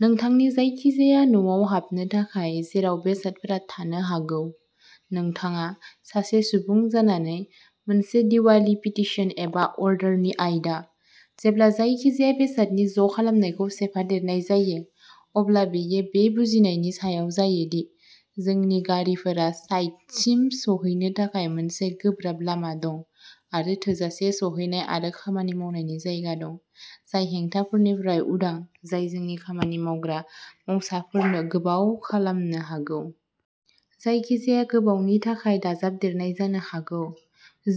नोंथांनि जायखिजाया न'आव हाबनो थाखाय जेराव बेसादफोरा थानो हागौ। नोंथाङा, सासे सुबुं जानानै, मोनसे दिवालि पिटीशन एबा अर्डारनि आयदा। जेब्ला जायखिजाया बेसादनि ज' खालामनायखौ सोफादेरनाय जायो, अब्ला बेयो बे बुजिनायनि सायाव जायो दि जोंनि गारिफोरा साइटसिम सौहैनो थाखाय मोनसे गोब्राब लामा दं आरो थोजासे सौहैनाय आरो खामानि मावनायनि जायगा दं, जाय हेंथाफोरनिफ्राय उदां जाय जोंनि खामानि मावग्रा मावसाफोरनो गोबाव खालामनो हागौ। जायखिजाया गोबावनि थाखाय दाजाबदेरनाय जानो हागौ।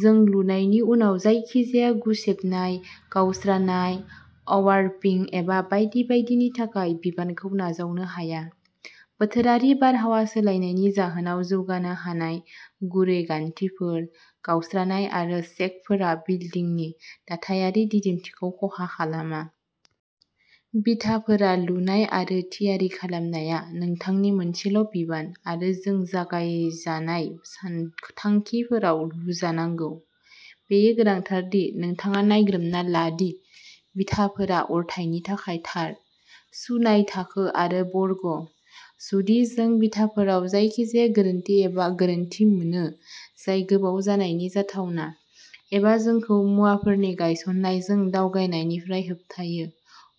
जों लुनायनि उनाव जायखिजाया गुसेबनाय, गावस्रानाय, अवार्पिं एबा बायदि बायदिनि थाखाय बिबानखौ नाजावनो हाया। बोथोरारि बारहावा सोलायनायनि जाहोनाव जौगानो हानाय गुरै गान्थिफोर, गावस्रानाय आरो शेकफोरा बिल्दिंनि दाथायारि दिदोमथिखौ खहा खालामा। बिथाफोर लुनाय आरो थियारि खालामनाया नोंथांनि मोनसेल' बिबान आरो जों जगायजानाय सानथांखिफोराव लुजानांगौ। बेयो गोनांथार दि नोंथाङा नायग्रोमना ला दि बिथाफोरा अरथाइनि थाखाय थार। सुनाय थाखो आरो बर्ग। जुदि, जों बिथाफोराव जायखिजाया गोरोन्थि एबा गोरोन्थि मोनो जाय गोबाव जानायनि जाथावना, एबा जोंखौ मुवाफोरनि गायसननायजों दावगानायनिफ्राय होबथायो,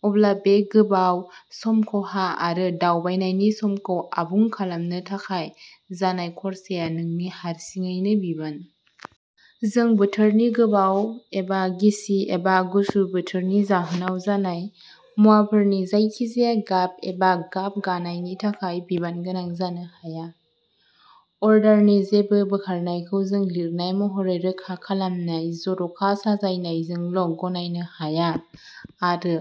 अब्ला बे गोबाव, सम खहा आरो दावबायनायनि समखौ आबुं खालामनो थाखाय जानाय खर्साया नोंनि हारसिङैनो बिबान। जों बोथोरनि गोबाव एबा गिसि एबा गुसु बोथोरनि जाहोनाव जानाय मुवाफोरनि जायखिजाया गाब एबा गाब गानायनि थाखाय बिबानगोनां जानो हाया। अर्डारनि जेबो बोखारनायखौ जों लिरनाय महरै रोखा खालामनाय जर'खा साजायनायजोंल' गनायनो हाया आरो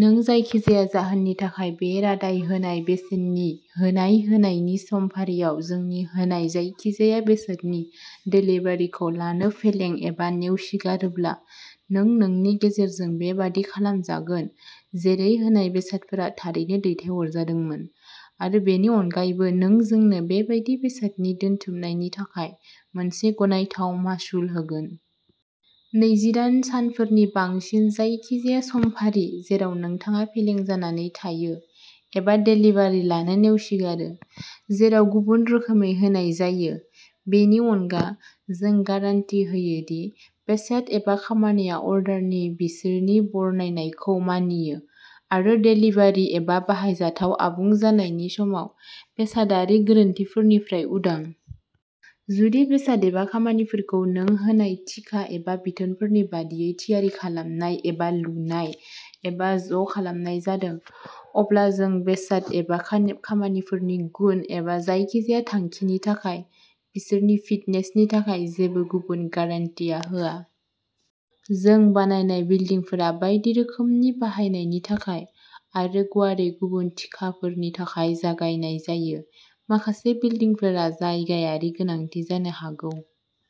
नों जायखिजाया जाहोननि थाखाय बे रादाय होनाय बेसेननि होनाय होनायनि समफारियाव जोंनि होनाय जायखिजाया बेसादनि देलिभारिखौ लानो फेलें एबा नेवसिगारोब्ला नों नोंनि गेजेरजों बेबादि खालामजागोन जेरै होनाय बेसादफोरा थारैनो दैथायहरजादोंमोन आरो बेनि अनगायैबो नों जोंनो बेबादि बेसादनि दोनथुमनायनि थाखाय मोनसे गनायथाव मासुल होगोन। नैजिदाइ सानफोरनि बांसिन जायखिजाया समफारि जेराव नोंथाङा फेलें जानानै थायो एबा देलिभारि लानो नेवसिगारो। जेराव गुबुन रोखोमै होनाय जायो, बेनि अनगा, जों गारान्टि होयो दि बेसाद एबा खामानिया अर्डारनि बिसोरनि बरनायनायखौ मानियो आरो देलिभारि एबा बाहायजाथाव आबुं जानायनि समाव बेसादारि गोरोन्थिफोरनिफ्राय उदां। जुदि बेसाद एबा खामानिफोरखौ नों होनाय थिखा एबा बिथोनफोरनि बायदियै थियारि खालामनाय एबा लुनाय एबा ज' खालामनाय जादों अब्ला जों बेसाद एबा खामानिफोरनि गुन एबा जायखिजाया थांखिनि थाखाय बिसोरनि फिटनेसनि थाखाय जेबो गुबुन गारान्टिआ होआ। जों बानायनाय बिल्डिंफोरा बायदि रोखोमनि बाहायनायनि थाखाय आरो गुवारै गुबुन थिखाफोरनि थाखाय जगायनाय जायो। माखासे बिल्डिंफोरा जायगायारि गोनांथि जानो हागौ।